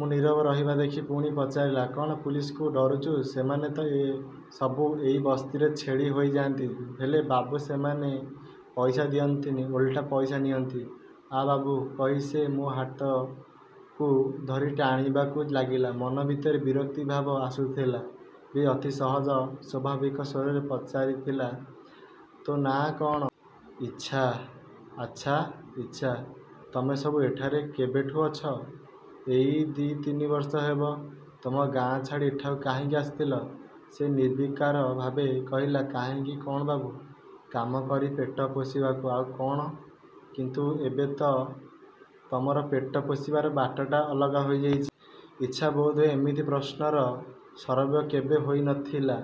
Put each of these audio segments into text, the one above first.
ମୁଁ ନୀରବ ରହିବା ଦେଖି ପୁଣି ପଚାରିଲା–କ'ଣ ପୁଲିସ୍କୁ ଡରୁଚୁ? ସେମାନେ ତ ସବୁ ଏଇ ବସ୍ତିରେ ଛେଳି ହୋଇଯାଆନ୍ତି। ହେଲେ ବାବୁ ସେମାନେ ପଇସା ଦିଅନ୍ତନି ଓଲଟା ପଇସା ନିଅନ୍ତି। ଆ ବାବୁ, କହି ସେ ମୋ'ହାତକୁ ଧରି ଟାଣିବାକୁ ଲାଗିଲା। ମନ ଭିତରେ ବିରକ୍ତିଭାବ ଆସୁଥିଲେ ବି ଅତି ସହଜ, ସ୍ଵାଭାବିକ ସ୍ଵରରେ ପଚାରିଥିଲି–ତୋ ନାଆ କ'ଣ? ଇଚ୍ଛା! ଆଚ୍ଛା ଇଚ୍ଛା, ତମେସବୁ ଏଠାରେ କେବେଠୁଁ ଅଛ? ଏଇ ଦି' ତିନିବର୍ଷ ହେବ। ତମ ଗାଆଁ ଛାଡ଼ି ଏଠାକୁ କାହିଁକି ଆସିଥିଲ? ସେ ନିର୍ବିକାର ଭାବରେ କହିଲା–କାହିଁକି କ'ଣ ବାବୁ, କାମ କରି ପେଟ ପୋଷିବାକୁ, ଆଉ କ'ଣ? କିନ୍ତୁ ଏବେ ତ ତମର ପେଟ ପୋଷିବାର ବାଟଟା ଅଲଗା ହୋଇଯାଇଛି। ଇଚ୍ଛା ବୋଧହୁଏ ଏମିତି ପ୍ରଶ୍ନର ଶରବ୍ୟ କେବେ ହୋଇନଥିଲା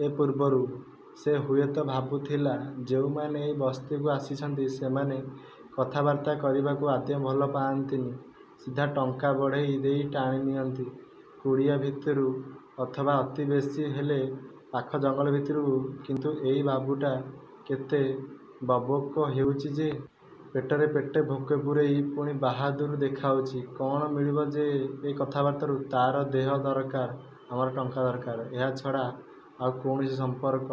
ଏହା ପୂର୍ବରୁ। ସେ ହୁଏତ ଭାବୁଥିଲା–ଯେଉଁମାନେ ଏ ବସ୍ତିକୁ ଆସିଛନ୍ତି ସେମାନେ କଥାବାର୍ତ୍ତା କରିବାକୁ ଆଦୌ ଭଲ ପାଆନ୍ତିନି। ସିଧା ଟଙ୍କା ବଢ଼େଇ ଦେଇ ଟାଣି ନିଅନ୍ତି କୁଡ଼ିଆ ଭିତରକୁ ଅଥବା ଅତି ବେଶୀ ହେଲେ ପାଖ ଜଙ୍ଗଲ ଭିତରକୁ; କିନ୍ତୁ ଏଇ ବାବୁଟା କେତେ ବକ୍ବକ୍ ହେଉଚି ଯେ। ପେଟରେ ପେଟେ ଭୋକ ପୁରେଇ ପୁଣି ବାହାଦୂରୀ ଦେଖାଉଚି। କ'ଣ ମିଳିବ ଯେ ଏ କଥାବାର୍ତ୍ତାରୁ। ତା'ର ଦେହ ଦରକାର ଆମର ଟଙ୍କା ଦରକାର। ଏହାଛଡ଼ା ଆଉ କୌଣସି ସମ୍ପର୍କ,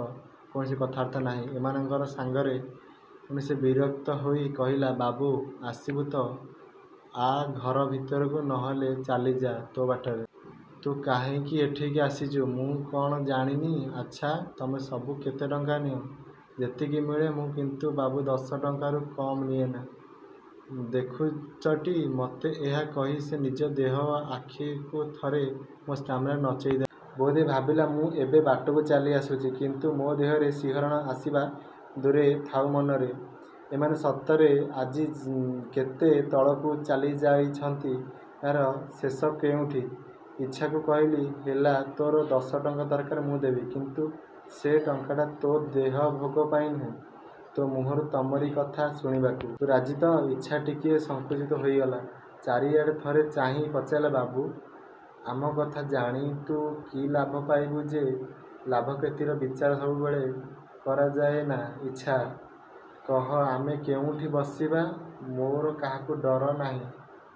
କୌଣସି କଥାବାର୍ତ୍ତା ନାହିଁ ଏମାନଙ୍କ ସାଙ୍ଗରେ। ଏଣୁ ସେ ବିରକ୍ତ ହୋଇ କହିଲା–ବାବୁ, ଆସିବୁ ତ ଆ ଘର ଭିତରକୁ, ନ ହେଲେ ଚାଲିଯା' ତୋ' ବାଟରେ। ତୁ କାହିଁକି ଏଠିକି ଆସିଚୁ ମୁଁ କ'ଣ ଜାଣିନି? ଆଚ୍ଛା, ତମେ ସବୁ କେତେ ଟଙ୍କା ନିଅ? ଯେତିକି ମିଳେ। ମୁଁ କିନ୍ତୁ ବାବୁ ଦଶଟଙ୍କାରୁ କମ୍ ନିଏନା। ଦେଖୁଚଟି ମତେ? ଏହା କହି ସେ ନିଜ ଦେହ ଓ ଆଖିକୁ ଥରେ ମୋ' ସାମ୍ନାରେ ନଚେଇ ଦେଲା। ବୋଧହୁଏ ଭାବିଲା ମୁଁ ଏବେ ବାଟକୁ ଚାଲି ଆସୁଛି। କିନ୍ତୁ ମୋ' ଦେହରେ ଶିହରଣ ଆସିବା ଦୂରେ ଥାଉ ମନରେ... ଏମାନେ ସତରେ ଆଜି କେତେ ତଳକୁ ଚାଲିଯାଇଛନ୍ତି। ଏହାର ଶେଷ କେଉଁଠି? ଇଚ୍ଛାକୁ କହିଲି–ହେଲା ତୋର ଦଶଟଙ୍କା ଦରକାର, ମୁଁ ଦେବି; କିନ୍ତୁ ସେ ଟଙ୍କାଟା ତୋ ଦେହ ଭୋଗ ପାଇଁ ନୁହେ, ତୋ ମୁହଁରୁ ତମରି କଥା ଶୁଣିବାକୁ। ତୁ ରାଜି ତ? ଇଚ୍ଛା ଟିକିଏ ସଙ୍କୁଚିତ ହୋଇଗଲା। ଚାରିଆଡ଼କୁ ଥରେ ଚାହିଁ ପଚାରିଲା–ବାବୁ, ଆମ କଥା ଜାଣି ତୁ କି ଲାଭ ପାଇବୁ ଯେ? ଲାଭ–କ୍ଷତିର ବିଚାର ସବୁବେଳେ କରାଯାଏନା ଇଚ୍ଛା। କହ ଆମେ କେଉଁଠି ବସିବା। ମୋର କାହାକୁ ଡର ନାହିଁ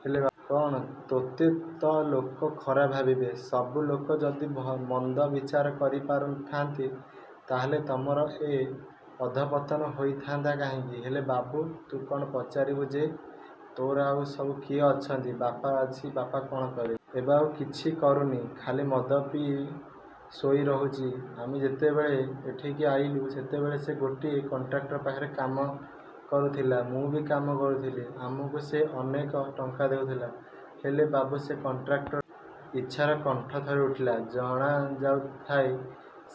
ହେଲେ ବାବୁ... କ'ଣ? ତୋତେ ତ ଲୋକ। ଖରାପ ଭାବିବେ। ସବୁ ଲୋକ ଯଦି–ମନ୍ଦ ବିଚାର କରି ପାରୁଥାନ୍ତେ ତା'ହେଲେ ତମର ଏ ଅଧପତନ ହୋଇଥାନ୍ତା କାହିଁକି? ହେଲେ ବାବୁ ତୁ କ'ଣ ପଚାରିବୁ ଯେ? ତୋର ଆଉ ସବୁ କିଏ ଅଛନ୍ତି? ବାପା ଅଛି। ବାପା କ'ଣ କରେ? ଏବେ ଆଉ କିଛି କରୁନି। ଖାଲି ମଦ ପିଇ ଶୋଇ ରହୁଛି। ଆମେ ଯେତେବେଳେ ଏଠିକି ଆଇଲୁ ସେତେବେଳେ ସେ ଗୋଟିଏ କଣ୍ଟ୍ରାକ୍ଟର ପାଖରେ କାମ କରୁଥିଲା। ମୁଁ ବି କାମ କରୁଥିଲି। ଆମକୁ ସେ ଅନେକ ଟଙ୍କା ଦେଉଥିଲା। ହେଲେ ବାବୁ ସେ କଣ୍ଟ୍ରାକ୍ଟରଟା... ଇଚ୍ଛାର କଣ୍ଠ ଥରିଉଠିଲା। ଜଣାଯାଉଥାଏ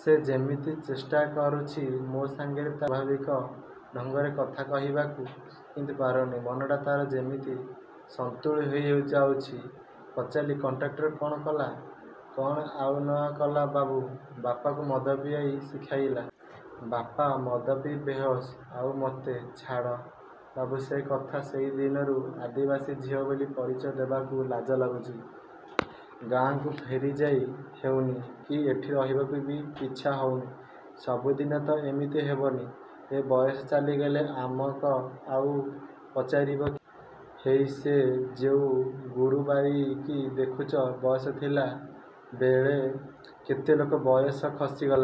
ସେ ଯେମିତି ଚେଷ୍ଟା କରୁଛି ମୋ'ସାଙ୍ଗରେ ତା'ର ସ୍ଵାଭାବିକ ଢଙ୍ଗରେ; କଥା କହିବାକୁ; କିନ୍ତୁ ପାରୁନି। ମନଟା ତା'ର ଯେମିତି ସନ୍ତୁଳି ହୋଇଯାଉଛି। ପଚାରିଲି–କଣ୍ଟ୍ରାକ୍ଟର କ'ଣ କଲା? କ'ଣ ଆଉ ନ କଲା ବାବୁ! ବାପାକୁ ମଦ ପିଆଇ ଶିଖାଇଲା। ବାପା ମଦ ପିଇ ବେହୋସ। ଆଉ ମୋତେ...। ଛାଡ଼ ବାବୁ ସେ କଥା ସେଇ ଦିନରୁ ଆଦିବାସୀ ଝିଅ ବୋଲି ପରିଚୟ ଦେବାକୁ ଲାଜ ଲାଗୁଚି। ଗାଆଁକୁ ଫେରିଯାଇ ହେଉନି କି ଏଠି ରହିବାକୁ ବି ଇଚ୍ଛା ହେଉନି। ସବୁଦିନ ତ ଏମିତି ହେବନି। ଏ ବୟସ ଚାଲିଗଲେ ଆମକ ଆଉ ପଚାରିବ କିଏ? ହେଇ ସେ ଯେଉଁ ଗୁରୁବାରୀକି ଦେଖୁଚ, ବୟସ ଥିଲା ବେଳେ କେତେ ଲୋକ... ବୟସ ଖସିଗଲାଣି।